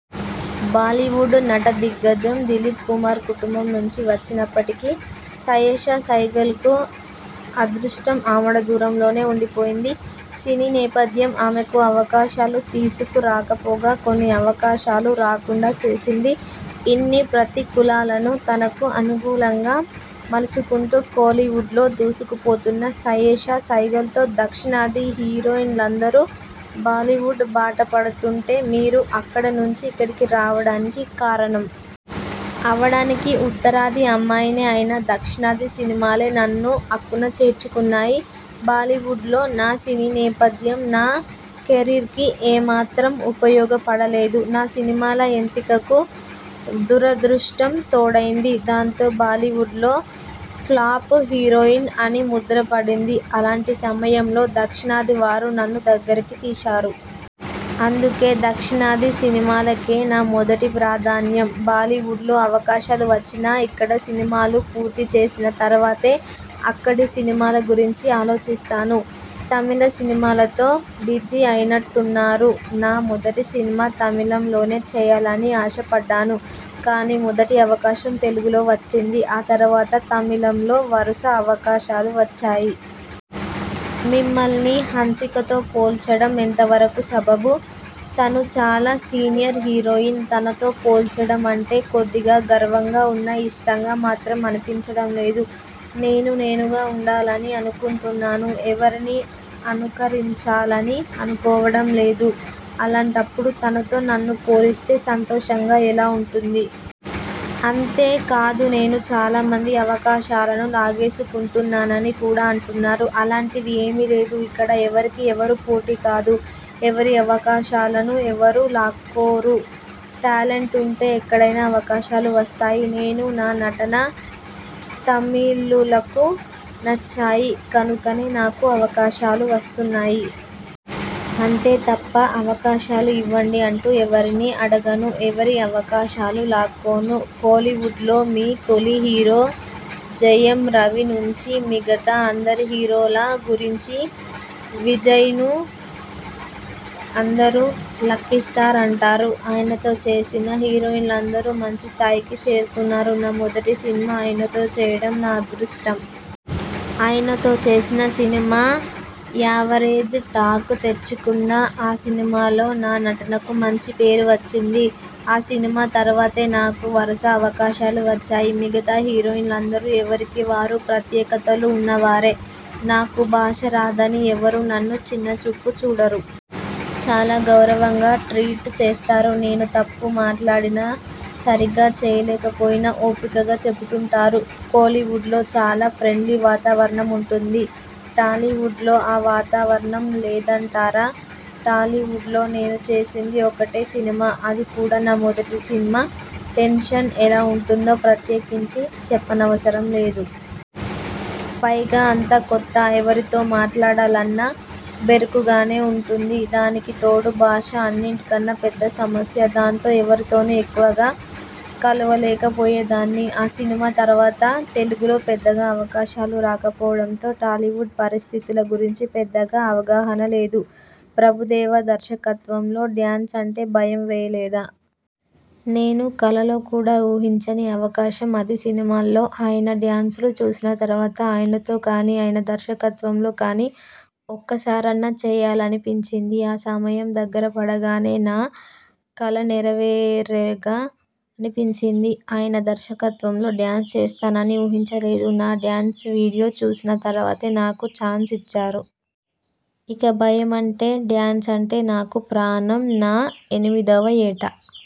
బాలీవుడ్ నటదిగ్గజం దిలీప్ కుమార్ కుటుంబం నుంచి వచ్చినప్పటికీ సయేషా సైగల్కు అదృష్టం ఆమడ దూరంలోనే ఉండి పోయింది. సినీ నేపథ్యం ఆమెకు అవకాశాలను తీసుకు రాకపోగా, కొన్ని అవకాశాలు రాకుండా చేసింది. ఇన్ని ప్రతికూలాలను తనకు అనుకూలంగా మలుచుకుంటూ కోలీవుడ్లో దూసుకుపోతున్న సయేషా సైగల్తో దక్షిణాది హీరోయిన్లందరూ బాలీవుడ్ బాట పడుతుంటే మీరు అక్కడ నుంచి ఇక్కడికి రావడానికి కారణం? అవడానికి ఉత్తరాది అమ్మాయినే అయినా దక్షిణాది సినిమాలే నన్ను అక్కున చేర్చుకున్నాయి. బాలీవుడ్లో నా సినీ నేపథ్యం నా కెరీర్కి ఏ మాత్రం ఉపయోగపడలేదు. నా సినిమాల ఎంపికకు దురదృష్టం తోడైంది. దాంతో బాలీవుడ్లో ఫ్లాప్ హీరోయిన్ అని ముద్ర పడింది. అలాంటి సమయంలో దక్షిణాదివారు నన్ను దగ్గరకు తీశారు. అందుకే దక్షిణాది సినిమాలకే నా మొదటి ప్రాధాన్యం. బాలీవుడ్లో అవకాశాలు వచ్చినా, ఇక్కడ సినిమాలు పూర్తిచేసిన తరువాతే అక్కడి సినిమాల గురించి ఆలోచిస్తాను. తమిళ సినిమాలతో బిజీ అయినట్టున్నారు? నా మొదటి సినిమా తమిళంలోనే చేయాలని ఆశపడ్డాను. కానీ మొదటి అవకాశం తెలుగులో వచ్చింది. ఆ తరువాత తమిళంలో వరుస అవకాశాలు వచ్చాయి. మిమ్మల్ని హన్సికతో పోల్చడం ఎంతవరకు సబబు? తను చాలా సీనియర్ హీరోయిన్. తనతో పోల్చడం అంటే కొద్దిగా గర్వంగా ఉన్నా ఇష్టంగా మాత్రం అనిపించడం లేదు. నేను నేనుగా ఉండాలని అనుకుంటున్నాను. ఎవరినీ అనుకరించాలని అనుకోవడం లేదు. అలాంటప్పుడు తనతో నన్ను పోలిస్తే సంతోషంగా ఎలా ఉంటుంది? అంతే కాదునేను చాలామంది అవకాశాలను లాగేసుకుంటున్నానని కూడా అంటున్నారు. అలాంటిది ఏమీ లేదు. ఇక్కడ ఎవరికి ఎవరూ పోటీ కాదు. ఎవరి అవకాశాలనూ ఎవరూ లాక్కోరు. టాలెంట్ ఉంటే ఎక్కడైనా అవకాశాలు వస్తాయి. నేనూ, నా నటనా తమిళులకు నచ్చాయి కనుకనే నాకు అవకాశాలు వస్తున్నాయి. అంతే తప్ప అవకాశాలు ఇవ్వండి అంటూ ఎవరినీ అడగను. ఎవరి అవకాశాలూ లాక్కోను. కోలీవుడ్లో మీ తొలి హీరో జయం రవి నుంచి మిగతా అందరి హీరోల గురించివిజయ్ని అందరూ లక్కీ స్టార్ అంటారు. ఆయనతో చేసిన హీరోయిన్లందరూ మంచి స్థాయికి చేరుకున్నారు. నా మొదటి సినిమా ఆయనతో చేయడం నా అదృష్టం. ఆయనతో చేసిన సినిమా యావరేజ్ టాక్ తెచ్చుకున్నా ఆ సినిమాలో నా నటనకు మంచి పేరు వచ్చింది. ఆ సినిమా తరువాతే నాకు వరుస అవకాశాలు వచ్చాయి. మిగతా హీరోలందరూ ఎవరికి వారు ప్రత్యేకతలు ఉన్నవారే! నాకు భాష రాదనీ ఎవ్వరూ నన్ను చిన్నచూపు చూడరు. చాలా గౌరవంగా ట్రీట్ చేస్తారు. నేను తప్పు మాట్లాడినా, సరిగ్గా చేయకపోయినా ఓపికగా చెబుతుంటారు. కోలీవుడ్లో చాలా ఫ్రెండ్లీ వాతావరణం ఉంటుంది. టాలీవుడ్లో ఆ వాతావరణం లేదంటారా? టాలీవుడ్లో నేను చేసింది ఒక్కటే సినిమా. అది కూడా నా మొదటి సినిమా. టెన్షన్ ఎలా ఉంటుందో ప్రత్యేకించి చెప్పనవసరం లేదు. పైగా అంతా కొత్త. ఎవరితో మాట్లాడాలన్నా బెరుకుగానే ఉండేది. దానికి తోడు భాష అన్నిటికన్నా పెద్ద సమస్య. దాంతో ఎవరితోనూ ఎక్కువగా కలవలేకపోయేదాన్ని. ఆ సినిమా తరువాత తెలుగులో పెద్దగా అవకాశాలు రాకపోవడంతో టాలీవుడ్ పరిస్థితుల గురించి పెద్దగా అవగాహన లేదు. ప్రభుదేవా దర్శకత్వంలో డ్యాన్స్ అంటే భయం వేయలేదా? నేను కలలో కూడా ఊహించని అవకాశం అది. సినిమాల్లో ఆయన డ్యాన్సులు చూసిన తరువాత ఆయనతో కానీ, ఆయన దర్శకత్వంలో కానీ ఒక్క సారన్నా చేయాలని అనిపించింది. ఆ సమయం దగ్గర పడగానే 'నా కలనెరవేరెగా' అనిపించింది. ఆయన దర్వకత్వంలో డ్యాన్స్ చేస్తానని ఊహించలేదు. నా డ్యాన్స్ వీడియో చూసిన తరువాతే నాకు ఛాన్స్ ఇచ్చారు. ఇక భయం అంటే డ్యాన్స్ అంటే నాకు ప్రాణం. నా ఎనిమిదవ యేట